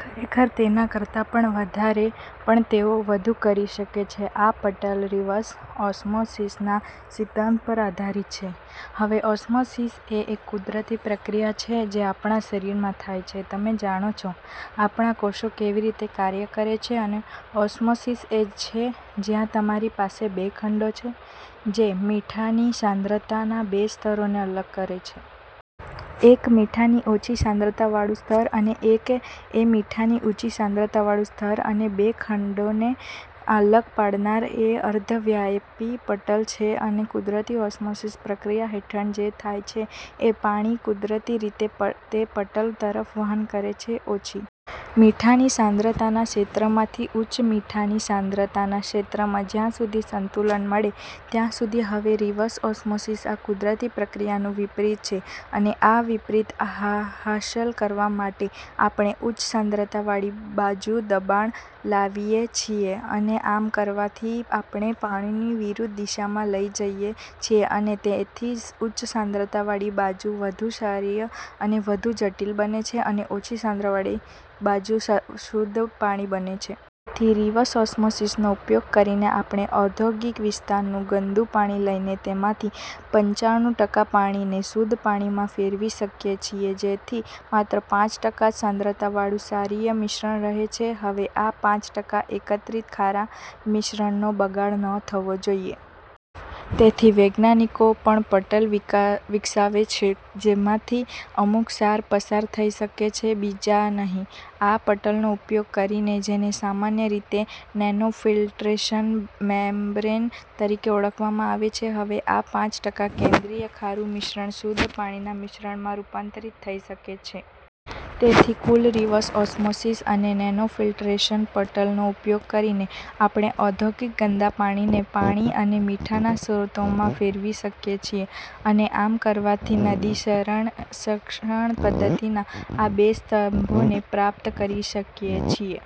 ખરેખર, તેના કરતા પણ વધારે. પણ તેઓ વધુ કરી શકે છે. આ પટલ રિવર્સ ઓસ્મોસિસના સિદ્ધાંત પર આધારિત છે. હવે ઓસ્મોસિસ એ એક કુદરતી પ્રક્રિયા છે જે આપણા શરીરમાં થાય છે. તમે જાણો છો, આપણાં કોષો કેવી રીતે કાર્ય કરે છે અને ઓસ્મોસિસ એ છે જ્યાં તમારી પાસે બે ખંડો છે, જે મીઠાની સાંદ્રતાના બે સ્તરોને અલગ કરે છે. એક મીઠાની ઓછી સાંદ્રતાવાળુ સ્તર અને એક એ મીઠાની ઉંચી સાંદ્રતાવાળુ સ્તર અને બે ખંડોને અલગ પાડનાર એ અર્ધવ્યાપી પટલ છે.અને કુદરતી ઓસ્મોસિસ પ્રક્રિયા હેઠળ, જે થાય છે એ પાણી કુદરતી રીતે તે પટલ તરફ વહન કરે છે .ઓછી મીઠાની સાંદ્રતાના ક્ષેત્રમાંથી ઉચ્ચ મીઠાની સાંદ્રતાના ક્ષેત્રમાં, જ્યાં સુધી સંતુલન મળે ત્યાં સુધી. હવે રિવર્સ ઓસ્મોસિસ, આ કુદરતી પ્રક્રિયાનું વિપરીત છે અને આ વિપરીત હાંસલ કરવા માટે, આપણે ઉચ્ચ સાંદ્વતાવાળી બાજુ દબાણ લાવીએ છીએ અને આમ કરવાથી, આપણે પાણીને વિરુદ્ધ દિશામાં લઈ જઈએ છીએ અને તેથી ઉચ્ચ સાંદ્રતાવાળી બાજુ વધુ ક્ષારીય અને વધુ જલદ બને છે, અને ઓછી સાંદ્રતાવાળી બાજુ શુદ્ધ પાણી બને છે. તેથી રિવર્સ ઓસ્મોસિસનો ઉપયોગ કરીને આપણે ઔદ્યોગિક વિસ્તારનું ગંદુ પાણી લઈને તેમાંથી પંચાણું ટકા પાણીને શુદ્ધ પાણીમાં ફેરવી શકીએ છીએ, જેથી માત્ર પાંચ ટકા જ સાંદ્રતાવાળુ ક્ષારીય મિશ્રણ રહે છે. હવે, આ પાંચ ટકા એકત્રિત ખારા મિશ્રણનો બગાડ ન થવો જોઈએ. તેથી વૈજ્ઞાનિકો પણ પટલ વિકસાવે છે, જેમાંથી અમુક ક્ષાર પસાર થઈ શકે છે બીજા નહીં. આ પટલનો ઉપયોગ કરીને, જેને સામાન્ય રીતે નેનોફિલ્ટરેશન મેમ્બ્રેન તરીકે ઓળખવામાં આવે છે, હવે આ પાંચ ટકા કેન્દ્રિત ખારું મિશ્રણ શુદ્ધ મીઠાના મિશ્રણમાં રૂપાંતરિત થઈ શકે છે. તેથી કુલ રિવર્સ ઓસ્મોસિસ અને નેનોફિલ્ટરેશન પટલનો ઉપયોગ કરીને, આપણે ઔદ્યોગિક ગંદા પાણીને પાણી અને મીઠાના સ્રોતમાં ફેરવી શકીએ છીએ અને આમ કરવાથી, નદી સંરક્ષણ પદ્ધતિના આ બે સ્તંભોને પ્રાપ્ત કરી શકીએ છીએ.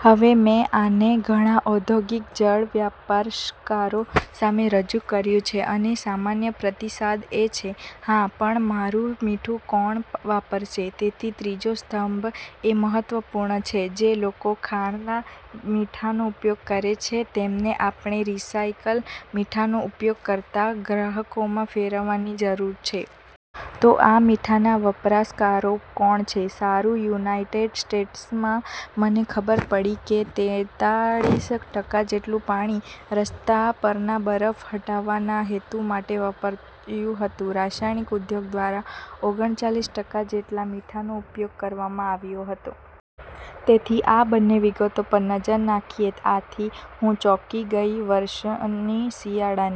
હવે, મેં આને ઘણા ઔદ્યોગિક જળ વપરાશકારો સામે રજૂ કર્યું છે અને સામાન્ય પ્રતિસાદ એ છે, "હા, પણ મારું મીઠું કોણ વાપરશે? " તેથી ત્રીજો સ્તંભ એ મહત્વપૂર્ણ છે, જે લોકો ખાણના મીઠાનો ઉપયોગ કરે છે તેમને આપણે રીસાઈકલ મીઠાનો ઉપયોગ કરતાં ગ્રાહકોમાં ફેરવવાની જરૂર છે. તો આ મીઠાના વપરાશકારો કોણ છે? સારું, યુનાઇટેડ સ્ટેટ્સમાં, મને ખબર પડી કે તેંતાળીસ ટકા જેટલું મીઠું, રસ્તા પરના બરફ હટાવવાના હેતુ માટે વપરાયું હતું. રાસાયણિક ઉદ્યોગ દ્વારા ઓગણચાળીસ ટકા જેટલા મીઠાનો ઉપયોગ કરવામાં આવ્યો હતો. તેથી આ બંને વિગતો પર નજર નાખીએ. આથી, હું ચોંકી ગઈ વર્ષની શિયાળાની